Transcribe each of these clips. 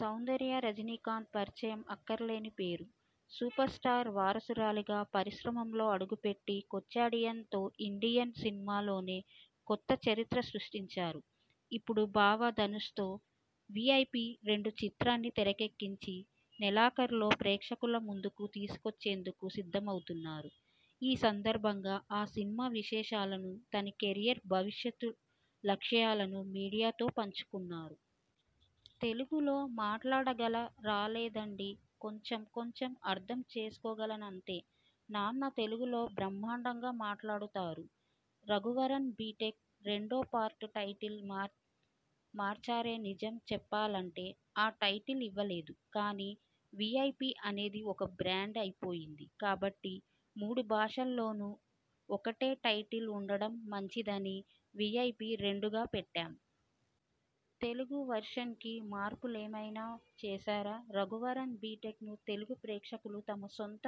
సౌందర్య రజనీకాంత్ పరిచయం అక్కర్లేని పేరు. సూపర స్టార్ వారసురాలిగా పరిశ్రమలో అడుగుపెట్టి 'కోచ్చడయాన్'తో ఇండియన్ సినిమాలోనే కొత్త చరిత్ర సృష్టించారు. ఇప్పుడు బావ ధనుష్తో 'వీఐపీరెండు' చిత్రాన్ని తెరకెక్కించి నెలాఖరులో ప్రేక్షకుల ముందుకు తీసుకొచ్చేందుకు సిద్ధమవుతున్నారు. ఈ సందర్భంగా ఆ సినిమా విశేషాలను, తన కెరీర్ భవిష్యత్ లక్ష్యాలను మీడియాతో పంచుకున్నారు. తెలుగులో మాట్లాడగలరాలేదండి. కొంచెం కొంచెం అర్థం చేసుకోగలనంతే. నాన్న తెలుగులో బ్రహ్మాండంగా మాట్లాడుతారు. 'రఘువరన్ బీటెక్' రెండో పార్టు టైటిల్ మార్చారే నిజం చెప్పాలంటే ఆ టైటిల్ ఇవ్వలేదు. కానీ, 'వీఐపి' అనేది ఒక బ్రాండ్ అయిపోయింది. కాబట్టి మూడు భాషల్లోనూ ఒకటే టైటిల్ ఉండడం మంచిదని 'వీఐపిరెండు'గా పెట్టాం. తెలుగు వెర్షన్ కి మార్పులేమైనా చేశారా'రఘువరన్ బీటెక్'ను తెలుగు ప్రేక్షకులు తమ సొంత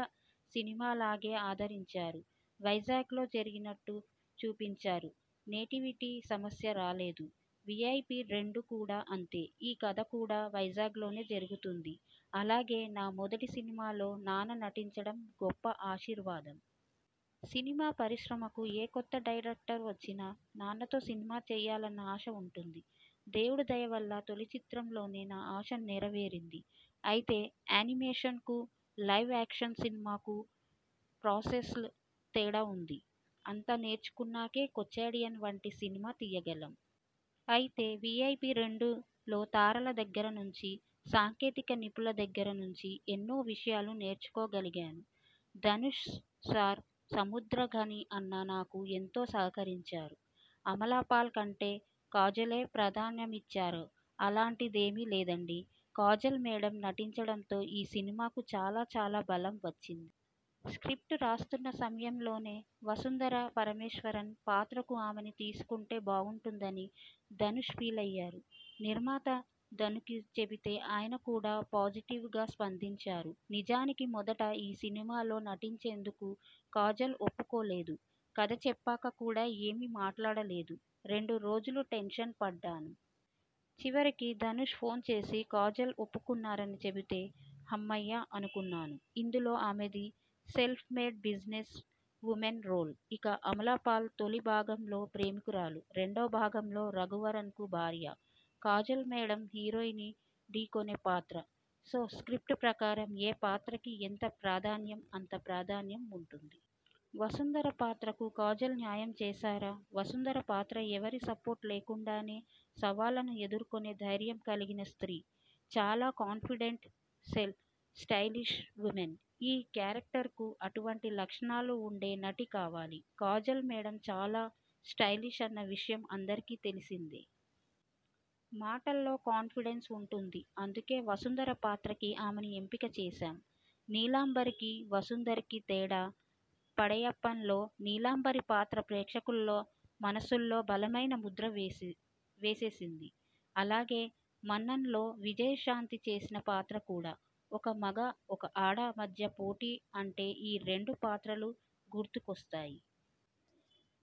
సినిమాలాగే ఆదరించారు. వైజాగ్లో జరిగినట్టు చూపించారు. నేటివిటీ సమస్య రాలేదు. 'వీఐపిరెండు' కూడా అంతే. ఈ కథ కూడా వైజాగ్లోనే జరుగుతుంది. అలాగే నా మొదటి సినిమాలో నాన్న నటించడం గొప్ప ఆశీర్వాదం. సినిమా పరిశ్రమకు ఏ కొత్త డైరెక్టర్ వచ్చినా నాన్నతో సినిమా చేయాలన్న ఆశ ఉంటుంది. దేవుడి దయ వల్ల తొలి చిత్రంతోనే నా ఆశ నెర వేరింది. అయితే యానిమేషన్ కు, లైవ్ యాక్షన్ సినిమా కు ప్రాసెస్లో తేడా ఉంది. అంతా నేర్చుకున్నాకే 'కోచ్చడయాన్' వంటి సినిమా తీయగలం. అయితే 'వీఐపిరెండు' లో తారల దగ్గర నుంచి, సాంకేతిక నిపుణుల దగ్గర నుంచి ఎన్నో విషయాలు నేర్చుకోగలిగాను. ధనుష్ సార్, సముద్రగని అన్న నాకు ఎంతో సహకరించారు. అమలాపాల్ కంటే కాజోల్కే ప్రాధాన్యమిచ్చారా అలాంటిదేమి లేదండి. కాజోల్ మేడమ్ నటించడంతో ఈ సినిమాకు చాలా చాలా బలం వచ్చింది. స్ర్కిప్టు రాస్తున్న సమయంలోనే వసుంధర పరమేశ్వరన్ పాత్రకు ఆమెని తీసుకుంటే బాగుంటుందని ధనుష్ ఫీలయ్యారు. నిర్మాత థానుకి చెబితే ఆయన కూడా పాజిటివ్ గా స్పందించారు. నిజానికి మొదట ఈ సినిమాలో నటించేందుకు కాజోల్ ఒప్పుకోలేదు. కథ చెప్పాక కూడా ఏమీ మాట్లాడలేదు. రెండు రోజులు టెన్షన్ పడ్డాను. చివరికి ధనుష్ ఫోన్ చేసి కాజోల్ ఒప్పుకున్నారని చెబితే, హమ్మయ్య అనుకున్నాను. ఇందులో ఆమెది self made business woman role. ఇక అమలాపాల్ తొలి భాగంలో ప్రేమికురాలు. రెండో భాగంలో రఘువరన్కు భార్య. కాజోల్ మేడమ్ హీరోని ఢీకొనే పాత్ర. సో స్ర్కిప్టు ప్రకారం ఏయే పాత్రకి ఎంత ప్రాధాన్యం అంత ప్రాధాన్యం ఉంటుంది. వసుంధర పాత్రకు కాజోల్ న్యాయం చేశారా వసుంధర పాత్ర ఎవరి సపోర్టు లేకుండానే సవాళ్లను ఎదుర్కొనే ధైర్యం కలిగిన స్ర్తీ. చాలా కాన్ఫిడెంట్, స్టైలిష్ వుమన్. ఈ క్యారెక్టర్ కు అటువంటి లక్షణాలు ఉండే నటి కావాలి. కాజోల్ మేడమ్ చాలా స్టైలిష్ అన్న విషయం అందరికీ తెలిసిందే. మాటల్లో కాన్ఫిడెన్స్ ఉంటుంది. అందుకే వసుంధర పాత్రకి ఆమెను ఎంపిక చేశాం. నీలాంబరికి, వసుంధరకి తేడా 'పడయప్ప'లో నీలాంబరి పాత్ర ప్రేక్షకుల్లో మనసుల్లో బలమైన ముద్ర వేసేసింది. అలాగే 'మన్నన్'లో విజయశాంతి చేసిన పాత్ర కూడా. ఒక మగ, ఒక ఆడ మధ్య పోటీ అంటే ఈ రెండు పాత్రలు గుర్తుకొస్తాయి.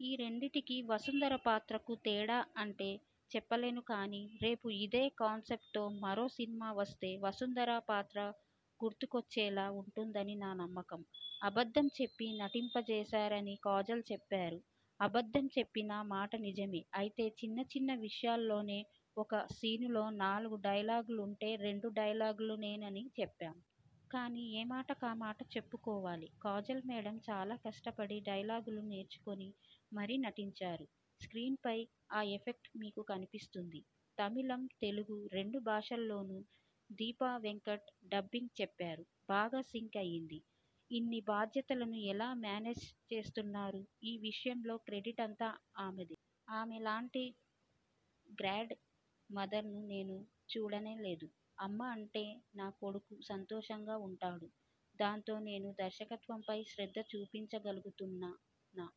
ఈ రెండింటికీ, వసుంధర పాత్రకు తేడా అంటే చెప్పలేను గానీరేపు ఇదే కాన్సెప్ట్తో మరో సినిమా వస్తే వసుంధర పాత్ర గుర్తుకొచ్చేలా ఉంటుందని నా నమ్మకం. అబద్ధం చెప్పి నటింపజేశారని కాజోల్ చెప్పారు అబద్ధం చెప్పిన మాట నిజమే. అయితే చిన్నచిన్న విషయాల్లోనే. ఒక సీనులో నాలుగు డైలాగులుంటే రెండు డైలాగులేనని చెప్పాం. కానీ, ఏమాట కామాట చెప్పుకోవాలి కాజోల్ మేడమ్ చాలా కష్టపడి డైలాగులు నేర్చుకుని మరీ నటించారు. స్ర్కీన్ పై ఆ ఎఫెక్ట్ మీకు కనిపిస్తుంది. తమిళం, తెలుగు రెండు భాషల్లోనూ దీప వెంకట్ డబ్బింగ్ చెప్పారు. బాగా సింక్ అయ్యింది. ఇన్ని బాధ్యతలను ఎలా మేనేజ్ చేస్తున్నారుఈ విషయంలో క్రెడిట్ అంతా అమ్మదే. ఆమె లాంటి గ్రాండ్ మదర్ను నేను చూడనేలేదు. అమ్మ ఉంటే నా కొడుకు సంతోషంగా ఉంటాడు. దాంతో నేను దర్శకత్వంపై శ్రద్ధ చూపించగలుగుతున్నా. నా